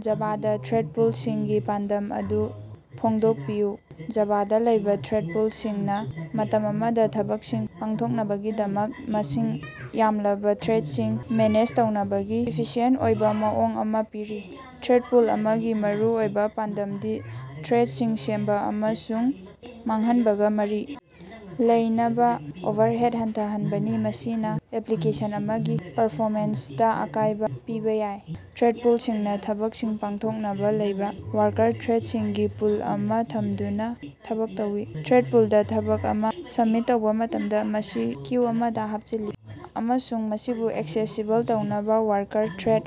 ꯖꯥꯚꯥꯗ ꯊ꯭ꯔꯦꯠꯄꯨꯜꯁꯤꯡꯒꯤ ꯄꯥꯟꯗꯝ ꯑꯗꯨ ꯐꯣꯡꯗꯣꯛꯄꯤꯌꯨ꯫ ꯖꯥꯚꯥꯗꯥ ꯂꯩꯕꯥ ꯊ꯭ꯔꯦꯠ ꯄꯨꯜꯁꯤꯡꯅꯥ ꯃꯇꯝ ꯑꯃꯗꯥ ꯊꯕꯛꯁꯤꯡ ꯄꯥꯡꯊꯣꯛꯅꯕꯒꯤꯗꯃꯛ ꯃꯁꯤꯡ ꯌꯥꯝꯂꯕꯥ ꯊ꯭ꯔꯦꯠꯁꯤꯡ ꯃꯦꯅꯦꯖ ꯇꯧꯅꯕꯒꯤ ꯏꯐꯤꯁꯤꯑꯦꯟꯇ ꯑꯣꯏꯕꯥ ꯃꯑꯣꯡ ꯑꯃꯥ ꯄꯤꯔꯤ꯫ ꯊ꯭ꯔꯦꯠ ꯄꯨꯜ ꯑꯃꯒꯤ ꯃꯔꯨꯑꯣꯏꯕꯥ ꯄꯥꯟꯗꯝꯗꯤ ꯊ꯭ꯔꯦꯠꯁꯤꯡ ꯁꯦꯝꯕꯥ ꯑꯃꯁꯨꯡ ꯃꯥꯡꯍꯟꯕꯒꯥ ꯃꯔꯤ ꯂꯩꯅꯕꯥ ꯑꯣꯚꯔꯍꯦꯗ ꯍꯟꯊꯍꯟꯕꯅꯤ, ꯃꯁꯤꯅꯥ ꯑꯦꯄ꯭ꯂꯤꯀꯦꯁꯟ ꯑꯃꯒꯤ ꯄꯔꯐꯣꯃꯦꯟꯁꯇꯥ ꯑꯀꯥꯏꯕꯥ ꯄꯤꯕꯥ ꯌꯥꯏ꯫ ꯊ꯭ꯔꯦꯠ ꯄꯨꯜꯁꯤꯡꯅꯥ ꯊꯕꯛꯁꯤꯡ ꯄꯥꯡꯊꯣꯛꯅꯕꯥ ꯂꯩꯕꯥ ꯋꯥꯔꯀꯔ ꯊ꯭ꯔꯦꯗꯁꯤꯡꯒꯤ ꯄꯨꯜ ꯑꯃꯥ ꯊꯝꯗꯨꯅꯥ ꯊꯕꯛ ꯇꯧꯏ꯫ ꯊ꯭ꯔꯦꯠ ꯄꯨꯜꯗꯥ ꯊꯕꯛ ꯑꯃꯥ ꯁꯕꯃꯤꯠ ꯇꯧꯕꯥ ꯃꯇꯝꯗꯥ, ꯃꯁꯤ ꯀ꯭ꯌꯨ ꯑꯃꯗꯥ ꯍꯥꯞꯆꯤꯜꯂꯤ ꯑꯃꯁꯨꯡ ꯃꯁꯤꯕꯨ ꯑꯦꯛꯁꯦꯁꯤꯕꯜ ꯇꯧꯅꯕꯥ ꯋꯥꯔꯀꯔ ꯊ꯭ꯔꯦꯠ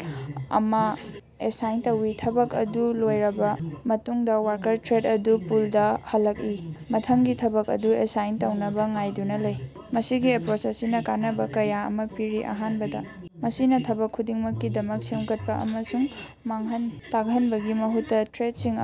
ꯑꯃꯥ ꯑꯦꯁꯥꯏꯟ ꯇꯧꯏ꯫ ꯊꯕꯛ ꯑꯗꯨ ꯂꯣꯏꯔꯕꯥ ꯃꯇꯨꯡꯗꯥ, ꯋꯥꯔꯀꯔ ꯊ꯭ꯔꯦꯠ ꯑꯗꯨ ꯄꯨꯜꯗꯥ ꯍꯜꯂꯛꯏ, ꯃꯊꯪꯒꯤ ꯊꯕꯛ ꯑꯗꯨ ꯑꯦꯁꯥꯏꯟ ꯇꯧꯅꯕꯥ ꯉꯥꯏꯗꯨꯅꯥ ꯂꯩ꯫ ꯃꯁꯤꯒꯤ ꯑꯦꯄ꯭ꯔꯣꯆ ꯑꯁꯤꯅꯥ ꯀꯥꯟꯅꯕꯥ ꯀꯌꯥ ꯑꯃꯥ ꯄꯤꯔꯤ꯫ ꯑꯍꯥꯟꯕꯗꯥ, ꯃꯁꯤꯅꯥ ꯊꯕꯛ ꯈꯨꯗꯤꯡꯃꯛꯀꯤꯗꯃꯛ ꯁꯦꯝꯒꯠꯄꯥ ꯑꯃꯁꯨꯡ ꯃꯥꯡꯍꯟ ꯇꯥꯛꯍꯟꯕꯒꯤ ꯃꯍꯨꯠꯇꯥ, ꯊ꯭ꯔꯦꯠꯁꯤꯡ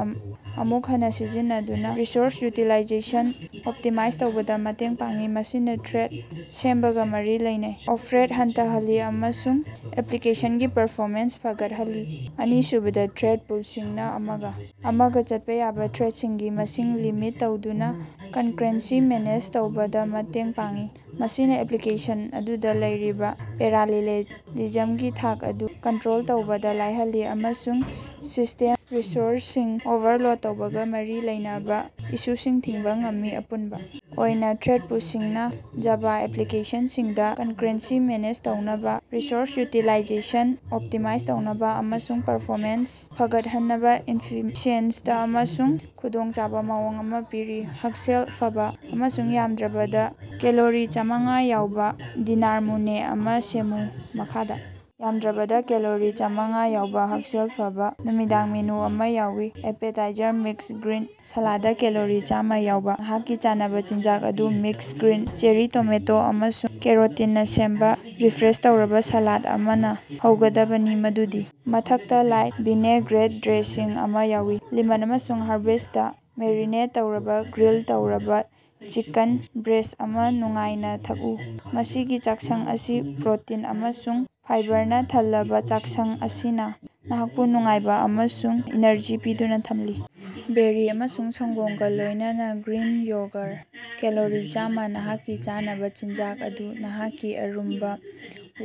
ꯑꯃꯨꯛ ꯍꯟꯅꯥ ꯁꯤꯖꯤꯟꯅꯗꯨꯅꯥ ꯔꯤꯁꯣꯔꯁ ꯌꯨꯇꯤꯂꯥꯏꯖꯦꯁꯟ ꯑꯣꯞꯇꯤꯃꯥꯏꯖ ꯇꯧꯕꯗꯥ ꯃꯇꯦꯡ ꯄꯥꯡꯏ꯫ ꯃꯁꯤꯅꯥ ꯊ꯭ꯔꯦꯠ ꯁꯦꯝꯕꯒꯥ ꯃꯔꯤ ꯂꯩꯅꯕꯥ ꯑꯣꯚꯔꯍꯦꯠ ꯍꯟꯊꯍꯜꯂꯤ ꯑꯃꯁꯨꯡ ꯑꯦꯄ꯭ꯂꯤꯀꯦꯁꯟꯒꯤ ꯄꯔꯐꯣꯃꯦꯟꯁ ꯐꯒꯠꯍꯜꯂꯤ꯫ ꯑꯅꯤꯁꯨꯕꯗꯥ, ꯊ꯭ꯔꯦꯠ ꯄꯨꯜꯁꯤꯡꯅꯥ ꯑꯃꯒꯥ ꯑꯃꯒꯥ ꯆꯠꯄꯥ ꯌꯥꯕꯥ ꯊ꯭ꯔꯦꯠꯁꯤꯡꯒꯤ ꯃꯁꯤꯡ ꯂꯤꯃꯤꯠ ꯇꯧꯗꯨꯅꯥ ꯀꯟꯀꯔꯦꯟꯁꯤ ꯃꯦꯅꯦꯖ ꯇꯧꯕꯗꯥ ꯃꯇꯦꯡ ꯄꯥꯡꯏ꯫ ꯃꯁꯤꯅꯥ ꯑꯦꯄ꯭ꯂꯤꯀꯦꯁꯟ ꯑꯗꯨꯗꯥ ꯂꯩꯔꯤꯕꯥ ꯄꯦꯔꯥꯂꯦꯂꯤꯖꯝꯒꯤ ꯊꯥꯛ ꯑꯗꯨ ꯀꯟꯇ꯭ꯔꯣꯜ ꯇꯧꯕꯗꯥ ꯂꯥꯏꯍꯜꯂꯤ ꯑꯃꯁꯨꯡ ꯁꯤꯁꯇꯦꯝ ꯔꯤꯁꯣꯔꯁꯁꯤꯡ ꯑꯣꯚꯔꯂꯣꯗ ꯇꯧꯕꯒꯥ ꯃꯔꯤ ꯂꯩꯅꯕꯥ ꯏꯁꯨꯁꯤꯡ ꯊꯤꯡꯕꯥ ꯉꯝꯃꯤ꯫ ꯑꯄꯨꯟꯕꯥ ꯑꯣꯏꯅꯥ, ꯊ꯭ꯔꯦꯠ ꯄꯨꯜꯁꯤꯡꯅꯥ ꯖꯥꯚꯥ ꯑꯦꯄ꯭ꯂꯤꯀꯦꯁꯟꯁꯤꯡꯗꯥ ꯀꯟꯀꯔꯦꯟꯁꯤ ꯃꯦꯅꯦꯖ ꯇꯧꯅꯕꯥ, ꯔꯤꯁꯣꯔꯁ ꯌꯨꯇꯤꯂꯥꯏꯖꯦꯁꯟ ꯑꯣꯞꯇꯤꯃꯥꯏꯖ ꯇꯧꯅꯕꯥ ꯑꯃꯁꯨꯡ ꯄꯔꯐꯣꯃꯦꯟꯁ ꯐꯒꯠꯍꯟꯅꯕꯥ ꯏꯐꯤꯁꯤꯑꯦꯟꯇ ꯑꯃꯁꯨꯡ ꯈꯨꯗꯣꯡꯆꯥꯕꯥ ꯃꯑꯣꯡ ꯑꯃꯥ ꯄꯤꯔꯤ꯫ ꯍꯛꯁꯦꯜ ꯐꯕꯥ ꯑꯃꯁꯨꯡ ꯌꯥꯝꯗ꯭ꯔꯕꯗꯥ ꯀꯦꯂꯣꯔꯤ ꯆꯥꯝꯃꯉꯥ ꯌꯥꯎꯕꯥ ꯗꯤꯅꯥꯔ ꯃꯦꯅꯨ ꯑꯃꯥ ꯁꯦꯝꯃꯨ꯫ ꯃꯈꯥꯗꯥ ꯌꯥꯝꯗ꯭ꯔꯕꯗꯥ ꯀꯦꯂꯣꯔꯤ ꯆꯥꯝꯃꯉꯥ ꯌꯥꯎꯕꯥ ꯍꯛꯁꯦꯜ ꯐꯕꯥ ꯅꯨꯃꯤꯗꯥꯡꯒꯤ ꯃꯦꯅꯨ ꯑꯃꯥ ꯌꯥꯎꯏ꯫ Appetizer: mix green salad calorie ꯆꯥꯝꯃꯥ ꯌꯥꯎꯕꯥ, ꯅꯍꯥꯛꯀꯤ ꯆꯥꯅꯕꯥ ꯆꯤꯟꯖꯥꯛ ꯑꯗꯨ ꯃꯤꯛꯁ ꯒ꯭ꯔꯤꯟ, ꯆꯦꯔꯤ ꯇꯣꯃꯦꯇꯣ ꯑꯃꯁꯨꯡ ꯀꯦꯔꯣꯇꯤꯟꯅꯥ ꯁꯦꯝꯕꯥ ꯔꯤꯐ꯭ꯔꯦꯁ ꯇꯧꯔꯕꯥ ꯁꯥꯂꯥꯠ ꯑꯃꯅꯥ ꯍꯧꯒꯗꯕꯅꯤ, ꯃꯗꯨꯒꯤ ꯃꯊꯛꯇꯥ ꯂꯥꯏꯠ ꯚꯤꯅꯦꯒ꯭ꯔꯦꯠ ꯗ꯭ꯔꯦꯁꯤꯡ ꯑꯃꯥ ꯌꯥꯎꯏ꯫ ꯂꯦꯃꯟ ꯑꯃꯁꯨꯡ ꯍꯔꯕꯁꯇꯥ ꯃꯦꯔꯤꯅꯦꯠ ꯇꯧꯔꯕꯥ ꯒ꯭ꯔꯤꯜ ꯇꯧꯔꯕꯥ ꯆꯤꯀꯟ ꯕ꯭ꯔꯦꯁ ꯑꯃꯥ ꯅꯨꯡꯉꯥꯏꯅꯥ ꯊꯛꯎ꯫ ꯃꯁꯤꯒꯤ ꯆꯥꯛꯁꯪ ꯑꯁꯤ ꯄ꯭ꯔꯣꯇꯤꯟ ꯑꯃꯁꯨꯡ ꯐꯥꯏꯕꯔꯅꯥ ꯊꯜꯂꯕꯥ ꯆꯥꯛꯁꯪ ꯑꯁꯤꯅꯥ ꯅꯍꯥꯛꯄꯨ ꯅꯨꯡꯉꯥꯏꯕꯥ ꯑꯃꯁꯨꯡ ꯏꯅꯔꯖꯤ ꯄꯤꯗꯨꯅꯥ ꯊꯝꯂꯤ꯫ ꯕꯦꯔꯤ ꯑꯃꯁꯨꯡ ꯁꯪꯒꯣꯝꯒꯥ ꯂꯣꯏꯅꯅꯥ ꯒ꯭ꯔꯤꯟ ꯌꯣꯒꯔ ꯀꯦꯂꯣꯔꯤ ꯆꯥꯝꯃꯥ ꯅꯍꯥꯛꯀꯤ ꯆꯥꯅꯕꯥ ꯆꯤꯟꯖꯥꯛ ꯑꯗꯨ ꯅꯍꯥꯛꯀꯤ ꯑꯔꯨꯝꯕꯥ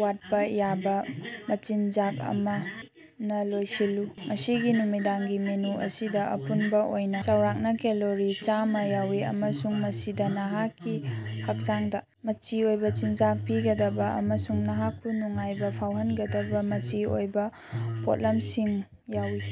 ꯋꯥꯠꯄꯥ ꯌꯥꯕꯥ ꯃꯆꯤꯟꯖꯥꯛ ꯑꯃꯅꯥ ꯂꯣꯏꯁꯤꯜꯂꯨ꯫ ꯃꯁꯤꯒꯤ ꯅꯨꯃꯤꯗꯥꯡꯒꯤ ꯃꯦꯅꯨ ꯑꯁꯤꯗꯥ ꯑꯄꯨꯟꯕꯥ ꯑꯣꯏꯅꯥ ꯆꯥꯎꯔꯥꯛꯅꯥ ꯀꯦꯂꯣꯔꯤ ꯆꯥꯝꯃꯥ ꯌꯥꯎꯏ ꯑꯃꯁꯨꯡ ꯃꯁꯤꯗꯥ ꯅꯍꯥꯛꯀꯤ ꯍꯛꯆꯥꯡꯗꯥ ꯃꯆꯤ ꯑꯣꯏꯕꯥ ꯆꯤꯟꯖꯥꯛ ꯄꯤꯒꯗꯕꯥ ꯑꯃꯁꯨꯡ ꯅꯍꯥꯛꯄꯨ ꯅꯨꯡꯉꯥꯏꯕꯥ ꯐꯥꯎꯍꯟꯒꯗꯕꯥ ꯃꯆꯤ ꯑꯣꯏꯕꯥ ꯄꯣꯠꯂꯝꯁꯤꯡ ꯌꯥꯎꯏ꯫